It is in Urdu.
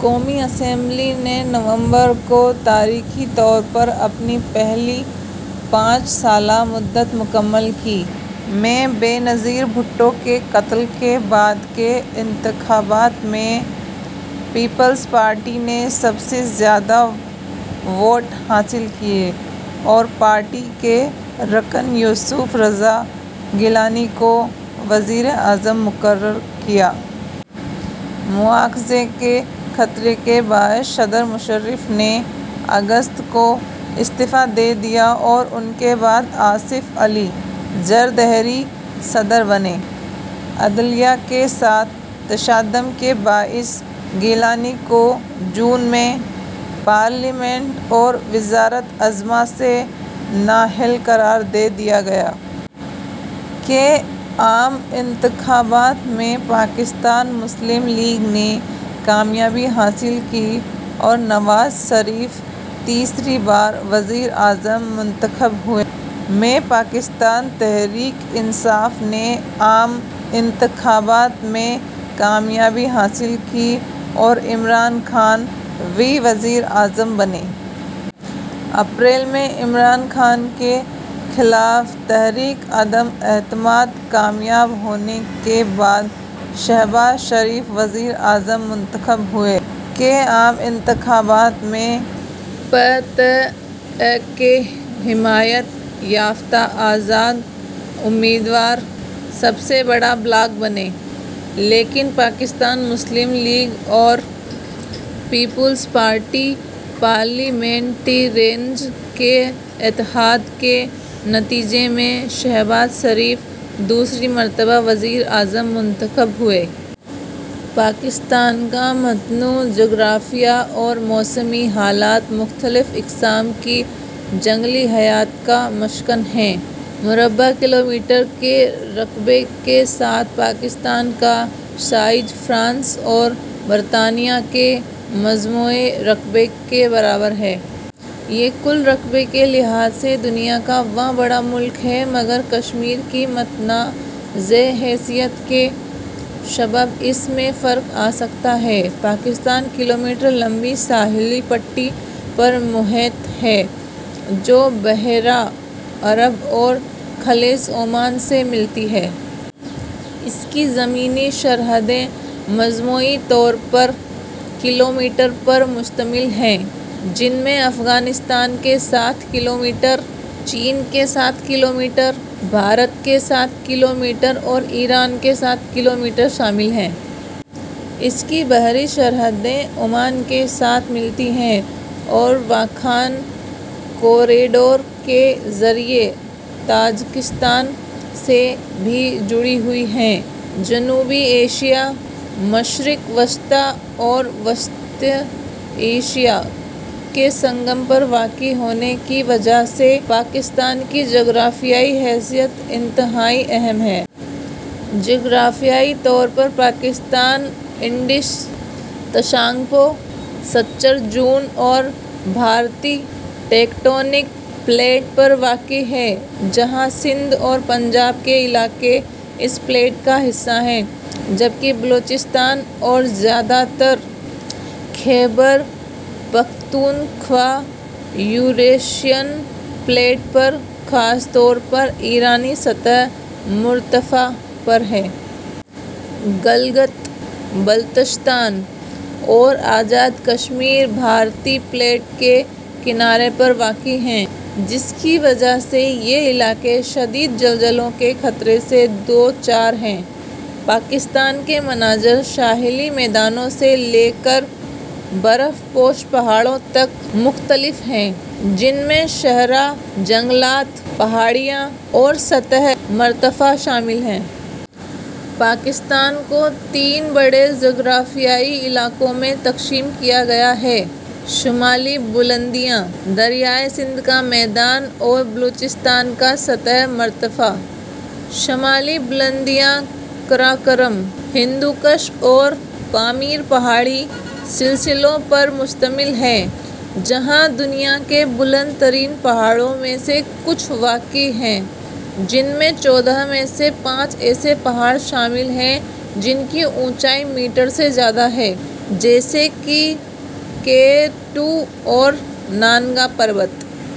قومی اسمبلی نے نومبر کو تاریخی طور پر اپنی پہلی پانچ سالہ مدت مکمل کی۔ میں بے نظیر بھٹو کے قتل کے بعد کے انتخابات میں پیپلز پارٹی نے سب سے زیادہ ووٹ حاصل کیے اور پارٹی کے رکن یوسف رضا گیلانی کو وزیر اعظم مقرر کیا۔ مواخذے کے خطرے کے باعث صدر مشرف نے اگست کو استعفا دے دیا اور ان کے بعد آصف علی زردہری صدر بنے۔ عدلیہ کے ساتھ تصادم کے باعث گیلانی کو جون میں پارلیمنٹ اور وزارت عظمیٰ سے نااہل قرار دے دیا گیا۔ کے عام انتخابات میں پاکستان مسلم لیگ نے کامیابی حاصل کی اور نواز شریف تیسری بار وزیر اعظم منتخب ہوئے۔ میں پاکستان تحریک انصاف نے عام انتخابات میں کامیابی حاصل کی اور عمران خان ویں وزیر اعظم بنے۔ اپریل میں عمران خان کے خلاف تحریک عدم اعتماد کامیاب ہونے کے بعد شہباز شریف وزیر اعظم منتخب ہوئے۔ کے عام انتخابات میں پ۔ ت۔ ا کے حمایت یافتہ آزاد امیدوار سب سے بڑا بلاک بنے، لیکن پاکستان مسلم لیگ اور پیپلز پارٹی پارلیمنٹیرینز کے اتحاد کے نتیجے میں شہباز شریف دوسری مرتبہ وزیر اعظم منتخب ہوئے۔ پاکستان کا متنوع جغرافیہ اور موسمی حالات مختلف اقسام کی جنگلی حیات کا مسکن ہیں۔ مربع کلومیٹر کے رقبے کے ساتھ پاکستان کا سائز فرانس اور برطانیہ کے مجموعی رقبے کے برابر ہے۔ یہ کل رقبے کے لحاظ سے دنیا کا واں بڑا ملک ہے، مگر کشمیر کی متنازع حیثیت کے سبب اس میں فرق آ سکتا ہے۔ پاکستان کلومیٹر لمبی ساحلی پٹی پر محیط ہے جو بحیرہ عرب اور خلیج عمان سے ملتی ہے۔ اس کی زمینی سرحدیں مجموعی طور پر کلومیٹر پر مشتمل ہیں، جن میں افغانستان کے ساتھ کلومیٹر ، چین کے ساتھ کلومیٹر ، بھارت کے ساتھ کلومیٹر اور ایران کے ساتھ کلومیٹر شامل ہیں۔ اس کی بحری سرحد عمان کے ساتھ ملتی ہے اور واخان کوریڈور کے ذریعے تاجکستان سے بھی جڑی ہوئی ہے۔ جنوبی ایشیا، مشرق وسطیٰ اور وسطی ایشیا کے سنگم پر واقع ہونے کی وجہ سے پاکستان کی جغرافیائی حیثیت انتہائی اہم ہے۔ جغرافیائی طور پر پاکستان انڈس-تسانگپو سچّر زون اور بھارتی ٹیکٹونک پلیٹ پر واقع ہے، جہاں سندھ اور پنجاب کے علاقے اس پلیٹ کا حصہ ہیں جبکہ بلوچستان اور زیادہ تر خیبر پختونخوا یوریشین پلیٹ پر، خاص طور پر ایرانی سطح مرتفع پر ہیں۔ گلگت بلتستان اور آزاد کشمیر بھارتی پلیٹ کے کنارے پر واقع ہیں، جس کی وجہ سے یہ علاقے شدید زلزلوں کے خطرے سے دوچار ہیں۔ پاکستان کے مناظر ساحلی میدانوں سے لے کر برف پوش پہاڑوں تک مختلف ہیں، جن میں صحرا، جنگلات، پہاڑیاں اور سطح مرتفع شامل ہیں۔ پاکستان کو تین بڑے جغرافیائی علاقوں میں تقسیم کیا گیا ہے: شمالی بلندیاں، دریائے سندھ کا میدان اور بلوچستان کا سطح مرتفع۔ شمالی بلندیاں قراقرم، ہندوکش اور پامیر پہاڑی سلسلوں پر مشتمل ہیں، جہاں دنیا کے بلند ترین پہاڑوں میں سے کچھ واقع ہیں، جن میں چودہ میں سے پانچ ایسے پہاڑ شامل ہیں جن کی اونچائی میٹر سے زیادہ ہے، جیسے کہ کے ٹو اور نانگا پربت ۔